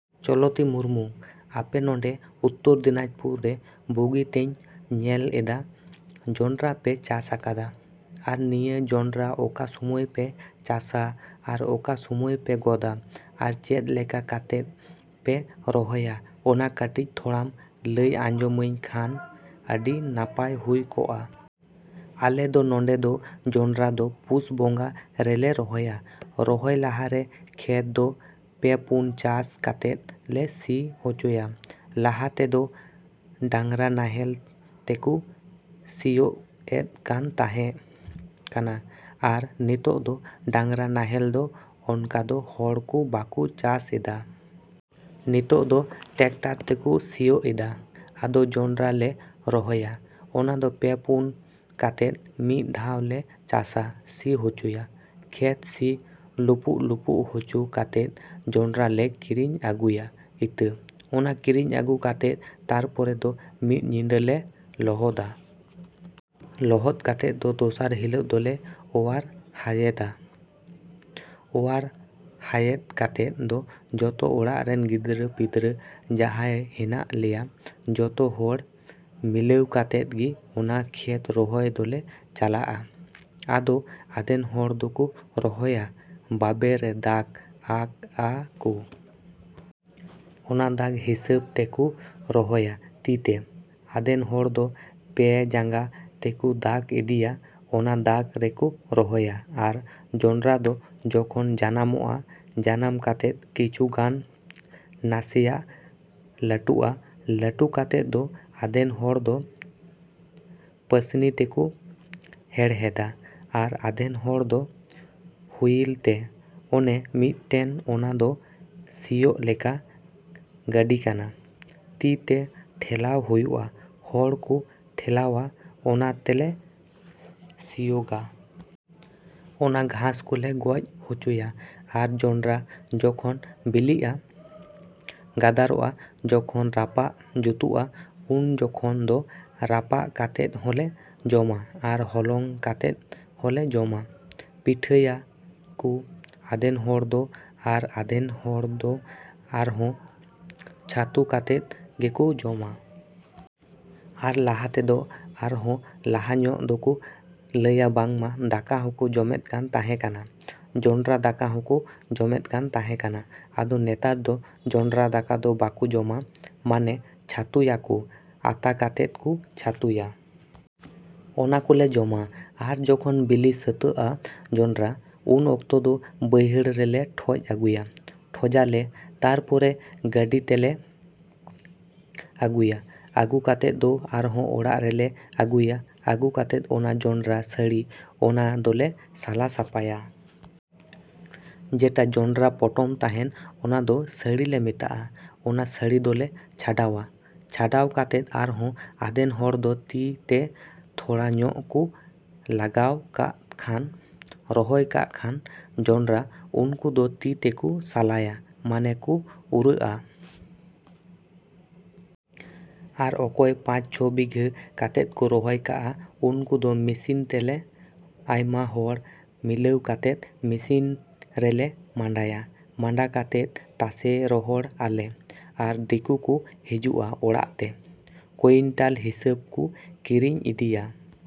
ᱪᱚᱞᱚᱛᱤ ᱢᱩᱨᱢᱩ, ᱟᱯᱮ ᱱᱚᱰᱮ ᱩᱛᱛᱚᱨ ᱫᱤᱱᱟᱡᱯᱩᱨ ᱨᱮ ᱵᱩᱜᱤ ᱛᱮᱧ ᱧᱮᱞ ᱮᱫᱟ ᱡᱚᱸᱰᱨᱟ ᱯᱮ ᱪᱟᱥ ᱟᱠᱟᱫᱟ᱾ ᱟᱨ ᱱᱤᱭᱟᱹ ᱡᱚᱸᱰᱨᱟ ᱚᱠᱟ ᱥᱚᱢᱚᱭ ᱯᱮ ᱪᱟᱥᱟ ᱟᱨ ᱚᱠᱟ ᱥᱚᱢᱚᱭ ᱯᱮ ᱜᱚᱫᱟ ᱟᱨ ᱪᱮᱫ ᱞᱮᱠᱟ ᱠᱟᱛᱮᱫ ᱯᱮ ᱨᱚᱦᱚᱭᱟ, ᱚᱱᱟ ᱠᱟᱹᱴᱤᱡ ᱛᱷᱚᱲᱟᱢ ᱞᱟᱹᱭ ᱟᱡᱚᱢᱟᱹᱧ ᱠᱷᱟᱱ ᱟᱹᱰᱤ ᱱᱟᱯᱟᱭ ᱦᱩᱭ ᱠᱚᱜᱼᱟ᱾ ᱟᱞᱮ ᱫᱚ ᱱᱚᱰᱮ ᱫᱚ ᱡᱚᱸᱰᱨᱟ ᱫᱚ ᱯᱩᱥ ᱵᱚᱸᱜᱟ ᱨᱮᱞᱮ ᱨᱚᱦᱚᱭᱟ᱾ ᱨᱚᱦᱚᱭ ᱞᱟᱦᱟ ᱨᱮ ᱠᱷᱮᱛ ᱫᱚ ᱯᱮ ᱯᱩᱱ ᱪᱟᱥ ᱠᱟᱛᱮᱫ ᱞᱮ ᱥᱤ ᱚᱪᱚᱭᱟ᱾ ᱞᱟᱦᱟ ᱛᱮᱫᱚ ᱰᱟᱝᱨᱟ ᱱᱟᱦᱮᱞ ᱛᱮᱠᱚ ᱥᱤᱭᱚᱜ ᱮᱫ ᱠᱟᱱ ᱛᱟᱦᱮᱸ ᱠᱟᱱᱟ ᱟᱨ ᱱᱤᱛᱚᱜ ᱫᱚ ᱰᱟᱝᱨᱟ ᱱᱟᱦᱮᱞ ᱫᱚ ᱚᱱᱠᱟ ᱫᱚ ᱦᱚᱲ ᱠᱚ ᱵᱟᱠᱚ ᱪᱟᱥ ᱮᱫᱟ᱾ ᱱᱤᱛᱚᱜ ᱫᱚ ᱴᱮᱠᱴᱟᱨ ᱛᱮᱠᱚ ᱥᱤᱭᱚᱜ ᱮᱫᱟ᱾ ᱟᱫᱚ ᱡᱚᱸᱰᱨᱟ ᱞᱮ ᱨᱚᱦᱚᱭᱟ, ᱚᱱᱟ ᱫᱚ ᱯᱮ ᱯᱩᱱ ᱠᱟᱛᱮᱫ ᱢᱤᱫ ᱫᱷᱟᱣ ᱞᱮ ᱪᱟᱥᱟ, ᱥᱤ ᱚᱪᱚᱭᱟ᱾ ᱠᱷᱮᱛ ᱥᱤ ᱞᱩᱯᱩᱜ ᱞᱩᱯᱩᱜ ᱚᱪᱚ ᱠᱟᱛᱮᱫ ᱡᱚᱸᱰᱨᱟ ᱞᱮ ᱠᱤᱨᱤᱧ ᱟᱹᱜᱩᱭᱟ ᱤᱛᱟᱹ᱾ ᱚᱱᱟ ᱠᱤᱨᱤᱧ ᱟᱹᱜᱩ ᱠᱟᱛᱮᱫ ᱛᱟᱨᱯᱚᱨᱮ ᱫᱚ ᱢᱤᱫ ᱧᱤᱫᱟᱹ ᱞᱮ ᱞᱚᱦᱚᱫᱟ᱾ ᱞᱚᱦᱚᱫ ᱠᱟᱛᱮᱫ ᱫᱚ ᱫᱚᱥᱟᱨ ᱦᱤᱞᱳᱜ ᱫᱚᱞᱮ ᱚᱣᱟᱨ ᱦᱟᱭᱮᱫᱟ᱾ ᱚᱣᱟᱨ ᱦᱟᱭᱮᱫ ᱠᱟᱛᱮᱫ ᱫᱚ ᱡᱚᱛᱚ ᱚᱲᱟᱜ ᱨᱮᱱ ᱜᱤᱫᱽᱨᱟᱹ ᱯᱤᱫᱽᱨᱟᱹ ᱡᱟᱦᱟᱸᱭ ᱦᱮᱱᱟᱜ ᱞᱮᱭᱟ, ᱡᱚᱛᱚ ᱦᱚᱲ ᱢᱤᱞᱟᱹᱣ ᱠᱟᱛᱮᱫ ᱜᱮ ᱚᱱᱟ ᱠᱷᱮᱛ ᱨᱚᱦᱚᱭ ᱫᱚᱞᱮ ᱪᱟᱞᱟᱜᱼᱟ᱾ ᱟᱫᱚ ᱟᱫᱷᱮᱱ ᱦᱚᱲ ᱫᱚᱠᱚ ᱨᱚᱦᱚᱭᱟ, ᱵᱟᱵᱮᱨ ᱨᱮ ᱫᱟᱜᱽ ᱟᱜᱼᱟ ᱠᱚ᱾ ᱚᱱᱟ ᱫᱟᱜᱽ ᱦᱤᱥᱟᱹᱵᱽ ᱛᱮᱠᱚ ᱨᱚᱦᱚᱭᱟ ᱛᱤ ᱛᱮ᱾ ᱟᱫᱷᱮᱱ ᱦᱚᱲ ᱫᱚ ᱯᱮ ᱡᱟᱸᱜᱟ ᱛᱮᱠᱚ ᱫᱟᱜᱽ ᱤᱫᱤᱭᱟ, ᱚᱱᱟ ᱫᱟᱜᱽ ᱨᱮᱠᱚ ᱨᱚᱦᱚᱭᱟ᱾ ᱟᱨ ᱡᱚᱸᱰᱨᱟ ᱫᱚ ᱡᱚᱠᱷᱚᱱ ᱡᱟᱱᱟᱢᱚᱜᱼᱟ, ᱡᱟᱱᱟᱢ ᱠᱟᱛᱮᱫ ᱠᱤᱪᱷᱩ ᱜᱟᱱ ᱱᱟᱥᱮᱭᱟᱜ ᱞᱟᱹᱴᱩᱜᱼᱟ᱾ ᱞᱟᱹᱴᱩ ᱠᱟᱛᱮᱫ ᱫᱚ ᱟᱫᱷᱮᱱ ᱦᱚᱲ ᱫᱚ ᱯᱟᱹᱥᱱᱤ ᱛᱮᱠᱚ ᱦᱮᱲᱦᱮᱫᱟ ᱟᱨ ᱟᱫᱷᱮᱱ ᱦᱚᱲ ᱫᱚ ᱦᱩᱭᱤᱞ ᱛᱮ, ᱚᱱᱮ ᱢᱚᱫᱴᱮᱱ ᱚᱱᱟ ᱫᱚ ᱥᱤᱭᱚᱜ ᱞᱮᱠᱟ ᱜᱟᱹᱰᱤ ᱠᱟᱱᱟ, ᱛᱤ ᱛᱮ ᱴᱷᱮᱞᱟᱣ ᱦᱩᱭᱩᱜᱼᱟ, ᱦᱚᱲ ᱠᱚ ᱴᱷᱮᱞᱟᱣᱟ, ᱚᱱᱟ ᱛᱮᱞᱮ ᱥᱤᱭᱚᱜᱟ᱾ ᱚᱱᱟ ᱜᱷᱟᱥ ᱠᱚᱞᱮ ᱜᱚᱡ ᱦᱚᱪᱚᱭᱟ᱾ ᱟᱨ ᱡᱚᱸᱰᱨᱟ ᱡᱚᱠᱷᱚᱱ ᱵᱤᱞᱤᱜᱼᱟ, ᱜᱟᱫᱟᱨᱚᱜᱼᱟ, ᱡᱚᱠᱷᱚᱱ ᱨᱟᱯᱟᱜ ᱡᱩᱛᱩᱜᱼᱟ, ᱩᱱ ᱡᱩᱠᱷᱚᱱ ᱫᱚ ᱨᱟᱯᱟᱜ ᱠᱟᱛᱮᱫ ᱦᱚᱸᱞᱮ ᱡᱚᱢᱟ ᱟᱨ ᱦᱚᱞᱚᱝ ᱠᱟᱛᱮᱫ ᱦᱚᱸᱞᱮ ᱡᱚᱢᱟ᱾ ᱯᱤᱴᱷᱟᱹᱭᱟ ᱠᱚ ᱟᱫᱷᱮᱱ ᱦᱚᱲ ᱫᱚ ᱟᱨ ᱟᱫᱷᱮᱱ ᱦᱚᱲ ᱫᱚ ᱟᱨᱦᱚᱸ ᱪᱷᱟᱹᱛᱩ ᱠᱟᱛᱮᱫ ᱜᱮᱠᱚ ᱡᱚᱢᱟ᱾ ᱟᱨ ᱞᱟᱦᱟ ᱛᱮᱫᱚ ᱟᱨᱦᱚᱸ ᱞᱟᱦᱟ ᱧᱚᱜ ᱫᱚᱠᱚ ᱞᱟᱹᱭᱟ ᱵᱟᱝᱢᱟ ᱫᱟᱠᱟ ᱦᱚᱸᱠᱚ ᱡᱚᱢᱮᱫ ᱠᱟᱱ ᱛᱟᱦᱮᱸ ᱠᱟᱱᱟ, ᱡᱚᱸᱰᱨᱟ ᱫᱟᱠᱟ ᱦᱚᱸᱠᱚ ᱡᱚᱢᱮᱫ ᱠᱟᱱ ᱛᱟᱦᱮᱸ ᱠᱟᱱᱟ᱾ ᱟᱫᱚ ᱱᱮᱛᱟᱨ ᱫᱚ ᱡᱚᱸᱰᱨᱟ ᱫᱟᱠᱟ ᱫᱚ ᱵᱟᱠᱚ ᱡᱚᱢᱟ, ᱢᱟᱱᱮ ᱪᱷᱟᱹᱛᱩᱭᱟ ᱠᱚ, ᱟᱛᱟ ᱠᱟᱛᱮᱫ ᱠᱚ ᱪᱷᱟᱹᱛᱩᱭᱟ᱾ ᱚᱱᱟ ᱠᱚᱞᱮ ᱡᱚᱢᱟ᱾ ᱟᱨ ᱡᱚᱠᱷᱚᱱ ᱵᱤᱞᱤ ᱥᱟᱹᱛᱟᱹᱜᱼᱟ ᱡᱚᱸᱰᱨᱟ, ᱩᱱ ᱚᱠᱛᱚ ᱫᱚ ᱵᱟᱹᱭᱦᱟᱹᱲ ᱨᱮᱞᱮ ᱴᱷᱚᱡ ᱟᱹᱜᱩᱭᱟ, ᱴᱷᱚᱡᱟ ᱞᱮ᱾ ᱛᱟᱨᱯᱚᱨᱮ ᱜᱟᱹᱰᱤ ᱛᱮᱞᱮ ᱟᱹᱜᱩᱭᱟ᱾ ᱟᱹᱜᱩ ᱠᱟᱛᱮᱫ ᱫᱚ ᱟᱨᱦᱚᱸ ᱚᱲᱟᱜ ᱨᱮᱞᱮ ᱟᱹᱜᱩᱭᱟ᱾ ᱟᱹᱜᱩ ᱠᱟᱛᱮᱫ ᱚᱱᱟ ᱡᱚᱸᱰᱨᱟ ᱥᱟᱺᱲᱤ, ᱚᱱᱟ ᱫᱚᱞᱮ ᱥᱟᱞᱟ ᱥᱟᱯᱟᱭᱟ᱾ ᱡᱮᱴᱟ ᱡᱚᱸᱰᱨᱟ ᱯᱚᱴᱚᱢ ᱛᱟᱦᱮᱱ ᱚᱱᱟ ᱫᱚ ᱥᱟᱺᱲᱤ ᱞᱮ ᱢᱮᱛᱟᱜᱼᱟ᱾ ᱚᱱᱟ ᱥᱟᱺᱲᱤ ᱫᱚᱞᱮ ᱪᱷᱟᱰᱟᱣᱟ᱾ ᱪᱷᱟᱰᱟᱣ ᱠᱟᱛᱮᱫ ᱟᱨᱦᱚᱸ ᱟᱫᱷᱮᱱ ᱦᱚᱲ ᱫᱚ ᱛᱤ ᱛᱮ ᱛᱷᱚᱲᱟ ᱧᱚᱜ ᱠᱚ ᱞᱟᱜᱟᱣ ᱠᱟᱜ ᱠᱷᱟᱱ, ᱨᱚᱦᱚᱭ ᱠᱟᱜ ᱠᱷᱟᱱ ᱡᱚᱸᱰᱨᱟ, ᱩᱱᱠᱩ ᱫᱚ ᱛᱤ ᱛᱮᱠᱚ ᱥᱟᱞᱟᱭᱟ, ᱢᱟᱱᱮ ᱠᱚ ᱩᱨᱟᱹᱜᱼᱟ᱾ ᱟᱨ ᱚᱠᱚᱭ ᱯᱟᱸᱪ ᱪᱷᱚ ᱵᱤᱜᱷᱟᱹ ᱠᱟᱛᱮᱫ ᱠᱚ ᱨᱚᱦᱚᱭ ᱠᱟᱜᱼᱟ, ᱩᱱᱠᱩ ᱫᱚ ᱢᱤᱥᱤᱱ ᱛᱮᱞᱮ, ᱟᱭᱢᱟ ᱦᱚᱲ ᱢᱤᱞᱟᱹᱣ ᱠᱟᱛᱮᱫ ᱢᱤᱥᱤᱱ ᱨᱮᱞᱮ ᱢᱟᱰᱟᱭᱟ᱾ ᱢᱟᱰᱟ ᱠᱟᱛᱮᱫ ᱛᱟᱥᱮ ᱨᱚᱦᱚᱲ ᱟᱞᱮ᱾ ᱟᱨ ᱫᱤᱠᱩ ᱠᱚ ᱦᱤᱡᱩᱜᱼᱟ ᱚᱲᱟᱜ ᱛᱮ, ᱠᱩᱭᱤᱱᱴᱟᱞ ᱦᱤᱥᱟᱹᱵᱽ ᱠᱚ ᱠᱤᱨᱤᱧ ᱤᱫᱤᱭᱟ᱾